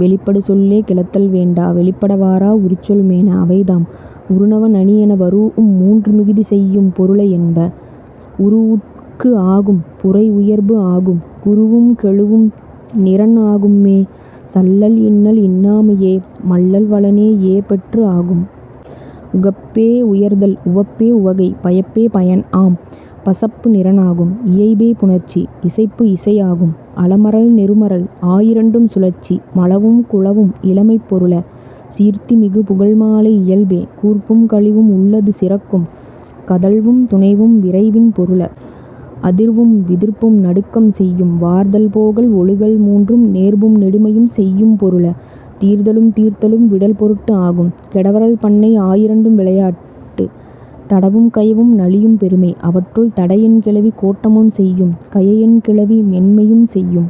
வெளிப்படு சொல்லே கிளத்தல் வேண்டா வெளிப்பட வாரா உரிச்சொல் மேன. அவைதாம், உறு தவ நனி என வரூஉம் மூன்றும் மிகுதி செய்யும் பொருள என்ப. உரு உட்கு ஆகும் புரை உயர்பு ஆகும். குருவும் கெழுவும் நிறன் ஆகும்மே. சல்லல் இன்னல் இன்னாமையே. மல்லல் வளனே ஏ பெற்று ஆகும். உகப்பே உயர்தல் உவப்பே உவகை. பயப்பே பயன் ஆம். பசப்பு நிறன் ஆகும். இயைபே புணர்ச்சி. இசைப்பு இசை ஆகும். அலமரல் தெருமரல் ஆயிரண்டும் சுழற்சி. மழவும் குழவும் இளமைப் பொருள. சீர்த்தி மிகு புகழ் மாலை இயல்பே. கூர்ப்பும் கழிவும் உள்ளது சிறக்கும். கதழ்வும் துனைவும் விரைவின் பொருள. அதிர்வும் விதிர்ப்பும் நடுக்கம் செய்யும். வார்தல் போகல் ஒழுகல் மூன்றும் நேர்பும் நெடுமையும் செய்யும் பொருள. தீர்தலும் தீர்த்தலும் விடல் பொருட்டு ஆகும். கெடவரல் பண்ணை ஆயிரண்டும் விளையாட்டு. தடவும் கயவும் நளியும் பெருமை. அவற்றுள், தட என் கிளவி கோட்டமும் செய்யும். கய என் கிளவி மென்மையும் செய்யும்.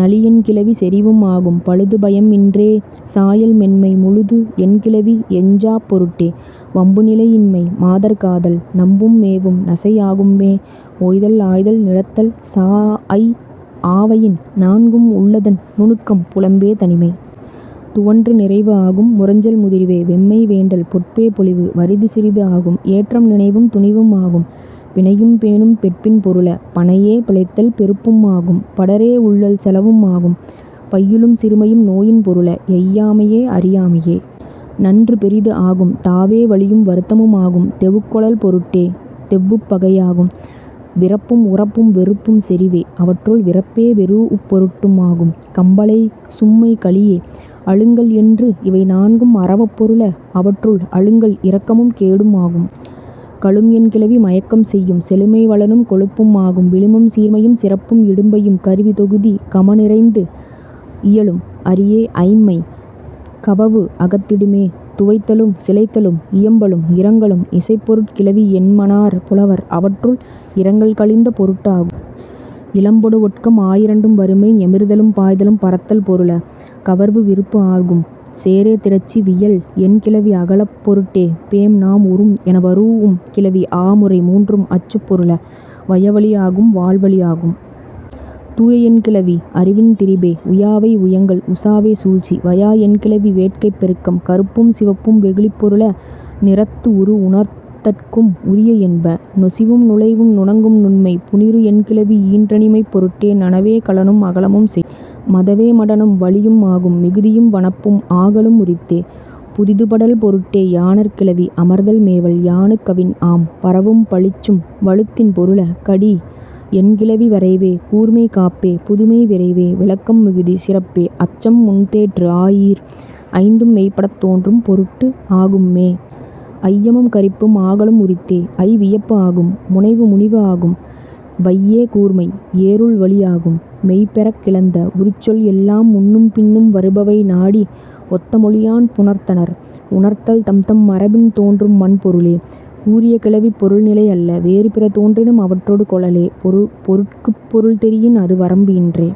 நளி என் கிளவி செறிவும் ஆகும். பழுது பயம் இன்றே. சாயல் மென்மை. முழுது என் கிளவி எஞ்சாப் பொருட்டே. வம்பு நிலை இன்மை. மாதர் காதல். நம்பும் மேவும் நசை ஆகும்மே. ஓய்தல் ஆய்தல் நிழத்தல் சாஅய் ஆவயின் நான்கும் உள்ளதன் நுணுக்கம். புலம்பே தனிமை. துவன்று நிறைவு ஆகும். முரஞ்சல் முதிர்வே. வெம்மை வேண்டல். பொற்பே பொலிவு. வறிது சிறிது ஆகும். எற்றம் நினைவும் துணிவும் ஆகும். பிணையும் பேணும் பெட்பின் பொருள. பணையே பிழைத்தல் பெருப்பும் ஆகும். படரே உள்ளல் செலவும் ஆகும். பையுளும் சிறுமையும் நோயின் பொருள. எய்யாமையே அறியாமையே. நன்று பெரிது ஆகும். தாவே வலியும் வருத்தமும் ஆகும் தெவுக் கொளல் பொருட்டே. தெவ்வுப் பகை ஆகும். விறப்பும் உறப்பும் வெறுப்பும் செறிவே. அவற்றுள், விறப்பே வெரூஉப் பொருட்டும் ஆகும். கம்பலை சும்மை கலியே அழுங்கல் என்று இவை நான்கும் அரவப் பொருள. அவற்றுள், அழுங்கல் இரக்கமும் கேடும் ஆகும். கழும் என் கிளவி மயக்கம் செய்யும். செழுமை வளனும் கொழுப்பும் ஆகும். விழுமம் சீர்மையும் சிறப்பும் இடும்பையும். கருவி தொகுதி. கம நிறைந்து இயலும். அரியே ஐம்மை. கவவு அகத்திடுமே. துவைத்தலும் சிலைத்தலும் இயம்பலும் இரங்கலும் இசைப் பொருட் கிளவி என்மனார் புலவர். அவற்றுள், இரங்கல் கழிந்த பொருட்டும் ஆகும். இலம்பாடு ஒற்கம் ஆயிரண்டும் வறுமை. ஞெமிர்தலும் பாய்தலும் பரத்தல் பொருள. கவர்வு விருப்பு ஆகும். சேரே திரட்சி. வியல் என் கிளவி அகலப் பொருட்டே. பேம் நாம் உரும் என வரூஉம் கிளவி ஆ முறை மூன்றும் அச்சப் பொருள. வய வலி ஆகும். வாள் வளி ஆகும். துய என் கிளவி அறிவின் திரிபே. உயாவே உயங்கல். உசாவே சூழ்ச்சி. வயா என் கிளவி வேட்கைப் பெருக்கம். கறுப்பும் சிவப்பும் வெகுளிப் பொருள. நிறத்து உரு உணர்த்தற்கும் உரிய என்ப. நொசிவும் நுழைவும் நுணங்கும் நுண்மை. புனிறு என் கிளவி ஈன்றணிமைப் பொருட்டே. நனவே களனும் அகலமும் செய்யும். மதவே மடனும் வலியும் ஆகும். மிகுதியும் வனப்பும் ஆகலும் உரித்தே. புதிதுபடல் பொருட்டே யாணர்க் கிளவி. அமர்தல் மேவல். யாணுக் கவின் ஆம். பரவும் பழிச்சும் வழுத்தின் பொருள. கடி என் கிளவி வரைவே கூர்மை காப்பே புதுமை விரைவே விளக்கம் மிகுதி சிறப்பே அச்சம் முன்தேற்று ஆயீர் ஐந்தும் மெய்ப்படத் தோன்றும் பொருட்டு ஆகும்மே. ஐயமும் கரிப்பும் ஆகலும் உரித்தே. ஐ வியப்பு ஆகும். முனைவு முனிவு ஆகும். வையே கூர்மை. எறுழ் வலி ஆகும். மெய் பெறக் கிளந்த உரிச்சொல் எல்லாம் முன்னும் பின்னும் வருபவை நாடி ஒத்த மொழியான் புணர்த்தனர் உணர்த்தல் தம்தம் மரபின் தோன்றும்மன் பொருளே. கூறிய கிளவிப் பொருள் நிலை அல்ல வேறு பிற தோன்றினும் அவற்றொடு கொளலே. பொருட்குப் பொருள் தெரியின் அது வரம்பு இன்றே।